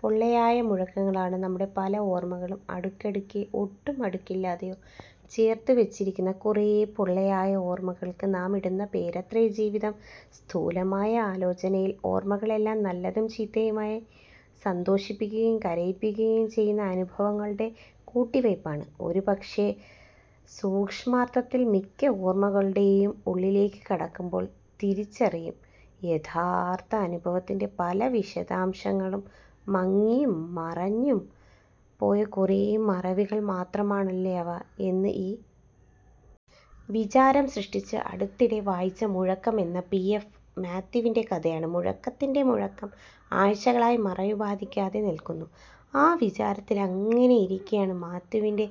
പൊള്ളയായ മുഴക്കങ്ങളാണ് നമ്മുടെ പല ഓർമകളും. അടുക്കടുക്കായോ ഒട്ടും അടുക്കില്ലാതെയോ ചേർത്തുവച്ചിരിക്കുന്ന കുറെ പൊള്ളയായ ഓർമകൾക്ക് നാമിടുന്ന പേരത്രേ ജീവിതം. സ്ഥൂലമായ ആലോചനയിൽ ഓർമകളെല്ലാം നല്ലതും ചീത്തയുമായ, സന്തോഷിപ്പിക്കുകയും കരയിപ്പിക്കുകയും ചെയ്യുന്ന അനുഭവങ്ങളുടെ കൂട്ടിവയ്പാണ്. പക്ഷേ സൂക്ഷ്മാർഥത്തിൽ മിക്ക ഓർമകളുടെയും ഉള്ളിലേക്കു കടക്കുമ്പോൾ തിരിച്ചറിയും, യഥാർഥ അനുഭവത്തിൻ്റെ പല വിശദാംശങ്ങളും മങ്ങിയും മറഞ്ഞും പോയ കുറെ മറവികൾ മാത്രമാണല്ലോ അവ എന്ന്.ഈ വിചാരം സൃഷ്ടിച്ചത് അടുത്തിടെ വായിച്ച മുഴക്കം എന്ന പി എഫ് മാത്യൂസിൻ്റെ കഥയാണ്. മുഴക്കത്തിൻ്റെ മുഴക്കം ആഴ്ചകളായി മറവി ബാധിക്കാതെ നിൽക്കുന്നു. ആ വിചാരത്തിലങ്ങനെ ഇരിക്കെയാണ് മാത്യൂസിൻ്റെ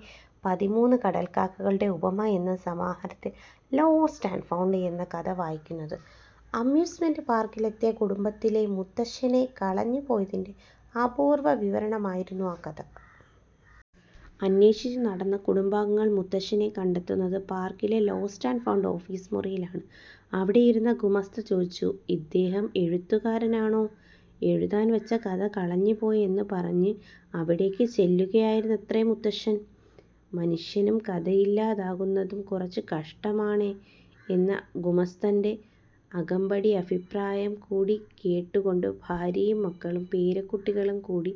പതിമൂന്ന് കടൽക്കാക്കകളുടെ ഉപമ എന്ന സമാഹാരത്തിൽ ലോസ്റ്റ് ആൻഡ് ഫൗണ്ട് എന്ന കഥ വായിക്കുന്നത്. അമ്യൂസ്മെന്റ് പാർക്കിൽ എത്തിയ കുടുംബത്തിലെ മുത്തശ്ശനെ കളഞ്ഞുപോകുന്നതിൻ്റെ അപൂർവ വിവരണമായിരുന്നു ആ കഥ. അന്വേഷിച്ചുനടന്ന കുടുംബാംഗങ്ങൾ മുത്തശ്ശനെ കണ്ടെത്തുന്നത് പാർക്കിലെ ലോസ്റ്റ് ആൻഡ് ഫൗണ്ട് ഓഫീസ് മുറിയിലാണ്. അവിടെയിരുന്ന ഗുമസ്ത ചോദിച്ചു. ഇദ്ദേഹം എഴുത്തുകാരനാണോ? എഴുതാൻ വച്ച കഥ കളഞ്ഞുപോയെന്നു പറഞ്ഞ് അവിടേക്കു ചെല്ലുകയായിരുന്നത്രെ മുത്തശ്ശൻ. മനുഷ്യനു കഥയില്ലാതാകുന്നതു കുറച്ചു കഷ്ടമാണേ എന്ന ഗുമസ്തൻ്റെ അകമ്പടിയഭിപ്രായം കൂടി കേട്ടുകൊണ്ട് ഭാര്യയും മക്കളും പേരക്കുട്ടികളും കൂടി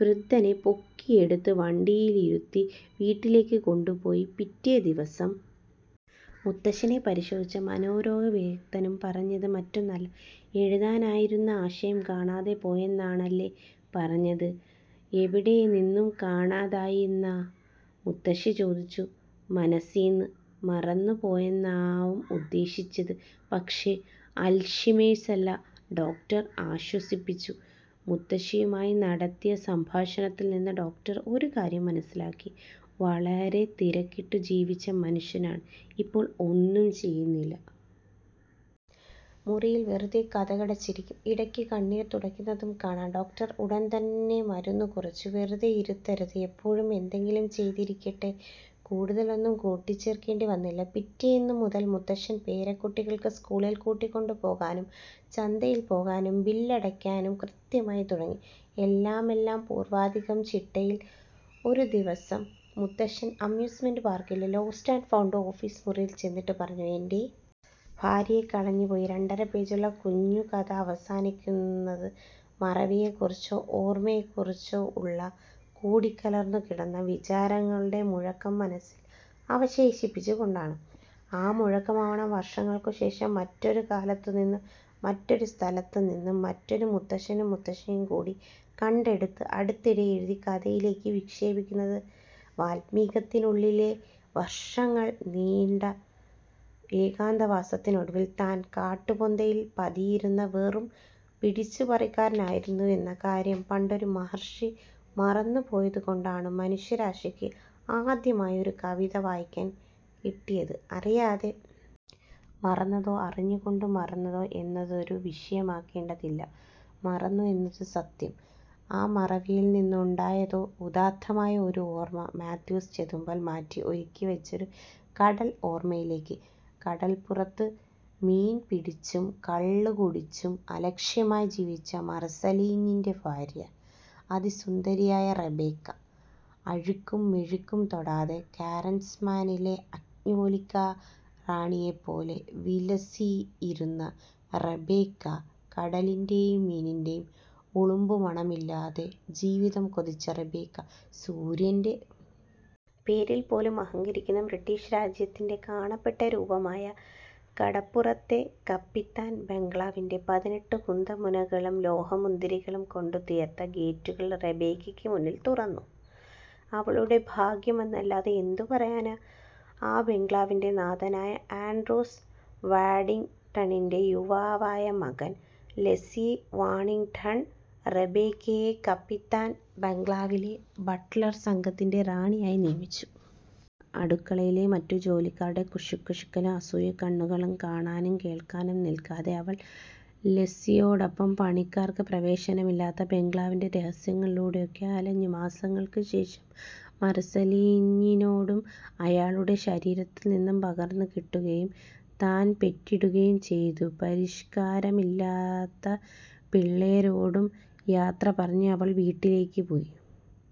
വൃദ്ധനെ പൊക്കിയെടുത്തു വണ്ടിയിലിരുത്തി വീട്ടിലേക്കു പോയി. പിറ്റേദിവസം മുത്തശ്ശനെ പരിശോധിച്ച മനോരോഗ വിദഗ്ധനും പറഞ്ഞതു മറ്റൊന്നല്ല. എഴുതാനിരുന്ന ആശയം കാണാതെ പോയെന്നാണല്ലോ പറയുന്നത്. എവിടെ നിന്നു കാണാതായീന്നാ? മുത്തശ്ശി ചോദിച്ചു. മനസ്സീന്ന്. മറന്നുപോയെന്നാവും ഉദ്ദേശിച്ചത്. പക്ഷേ അൽഷൈമേഴ്സല്ല. ഡോക്ടർ ആശ്വസിപ്പിച്ചു. മുത്തശ്ശിയുമായി നടത്തിയ സംഭാഷണത്തിൽ നിന്ന് ഡോക്ടർ ഒരു കാര്യം മനസ്സിലാക്കി. വളരെ തിരക്കിട്ടു ജീവിച്ച മനുഷ്യനാണ്. ഇപ്പോൾ ഒന്നും ചെയ്യുന്നില്ല. മുറിയിൽ വെറുതെ കതകടച്ചിരിക്കും. ഇടയ്ക്ക് കണ്ണീർ തുടയ്ക്കുന്നതു കാണാം. ഡോക്ടർ ഉടൻ തന്നെ മരുന്നു കുറിച്ചു. വെറുതെയിരുത്തരുത്. എപ്പോഴും എന്തെങ്കിലും ചെയ്തിരിക്കട്ടെ. കൂടുതലൊന്നും കൂട്ടിച്ചേർക്കേണ്ടി വന്നില്ല. പിറ്റേന്നു മുതൽ മുത്തശ്ശൻ പേരക്കുട്ടികൾക്ക് സ്കൂളിൽ കൂട്ടിപ്പോകാനും ചന്തയിൽ പോകാനും ബില്ലടയ്ക്കാനും കൃത്യമായി തുടങ്ങി. എല്ലാമെല്ലാം പൂർവാധികം ചിട്ടയായി. ഒരു ദിവസം മുത്തശ്ശൻ അമ്യൂസ്മെന്റ് പാർക്കിലെ ലോസ്റ്റ് ആൻഡ് ഫൗണ്ട് ഓഫീസ് മുറിയിൽ ചെന്നിട്ടു പറഞ്ഞു. എൻ്റെ ഭാര്യയെ കളഞ്ഞുപോയി. രണ്ടര പേജുള്ള കുഞ്ഞുകഥ അവസാനിക്കുന്നത് മറവിയെക്കുറിച്ചോ ഓർമയെക്കുറിച്ചോ ഉള്ള കൂടിക്കലർന്നുകിടക്കുന്ന വിചാരങ്ങളുടെ മുഴക്കം മനസ്സിൽ അവശേഷിപ്പിച്ചുകൊണ്ടാണ്. ആ മുഴക്കമാവണം വർഷങ്ങൾക്കു ശേഷം മറ്റൊരു കാലത്തുനിന്നും മറ്റൊരു സ്ഥലത്തുനിന്നും മറ്റൊരു മുത്തശ്ശനും മുത്തശ്ശിയും കൂടി കണ്ടെടുത്ത് അടുത്തിടെ എഴുതിയ കഥയിലേക്ക് വിക്ഷേപിക്കുന്നത്. വാല്മീകത്തിനുള്ളിലെ വർഷങ്ങൾ നീണ്ട ഏകാന്തവാസത്തിനൊടുവിൽ, താൻ കാട്ടുപൊന്തയിൽ പതിയിരുന്ന വെറും പിടിച്ചുപറിക്കാരനായിരുന്നുവെന്ന കാര്യം പണ്ടൊരു മഹർഷി മറന്നുപോയതുകൊണ്ടാണ് മനുഷ്യരാശിക്ക് ആദ്യമായൊരു കവിത വായിക്കാൻ കിട്ടിയത്. അറിയാതെ മറന്നതോ അറിഞ്ഞുകൊണ്ട് മറന്നതോ എന്നതൊരു വിഷയമാക്കേണ്ടതില്ല. മറന്നു എന്നത് സത്യം. ആ മറവിയിൽ നിന്നുണ്ടായതോ ഉദാത്തമായ ഒരു ഓർമ. മാത്യൂസ് ചെതുമ്പൽ മാറ്റി ഒരുക്കിവച്ചൊരു കടൽ ഓർമയിലേക്ക് കടൽപ്പുറത്ത് മീൻ പിടിച്ചും കള്ളുകുടിച്ചും അലക്ഷ്യമായി ജീവിച്ച മർസലീഞ്ഞിൻ്റെ ഭാര്യ അതിസുന്ദരിയായ റബേക്ക. അഴുക്കും മെഴുക്കും തൊടാതെ കാറൽസ്മാനിലെ അഞ്ജേലിക്കാ റാണിയെപ്പോലെ വിലസിയിരുന്ന റബേക്ക കടലിൻ്റെയും മീനിൻ്റെയും ഉളുമ്പുമണമില്ലാത്ത ജീവിതം കൊതിച്ച റബേക്ക. സൂര്യൻ്റെ പേരിൽ പോലും അഹങ്കരിക്കുന്ന ബ്രിട്ടീഷ് രാജ്യത്തിൻ്റെ കാണപ്പെട്ട രൂപമായ കടപ്പുറത്തെ കപ്പിത്താൻ ബംഗ്ലാവിൻ്റെ പതിനെട്ടുകുന്തമുനകളും ലോഹമുന്തിരികളും കൊണ്ടുതീർത്ത ഗേറ്റുകൾ റബേക്കയ്ക്കു മുന്നിൽ തുറന്നു. അവളുടെ ഭാഗ്യമെന്നല്ലാതെ എന്തു പറയാനാണ്.ആ ബംഗ്ലാവിൻ്റെ നാഥനായ ആൻഡ്രൂ വാഡിങ്ടണിൻ്റെ യുവാവായ മകൻ ലെസ്ലി വാഡിങ്ടൺ റബേക്കയെ കപ്പിത്താൻ ബംഗ്ലാവിലെ ബട്ലർ സംഘത്തിലെ റാണിയായി നിയമിച്ചു. അടുക്കളയിലെ മറ്റു ജോലിക്കാരുടെ കുശുകുശുക്കലും അസൂയക്കണ്ണുകളും കാണാനും കേൾക്കാനും നിൽക്കാതെ അവൾ ലെസ്ലിയോടൊപ്പം പണിക്കാർക്ക് പ്രവേശനമില്ലാത്ത ബംഗ്ലാവിൻ്റെ രഹസ്യങ്ങളിലൂടെയൊക്കെ അലഞ്ഞു. മാസങ്ങൾക്കു ശേഷം മർസലീഞ്ഞിനോടും അയാളുടെ ശരീരത്തിൽനിന്നു പകർന്നുകിട്ടുകയും താൻ പെറ്റിടുകയും ചെയ്ത പരിഷ്കാരമില്ലാത്ത പിള്ളാരോടും യാത്ര പറയാൻ അവൾ വീട്ടിലേക്കു പോയി.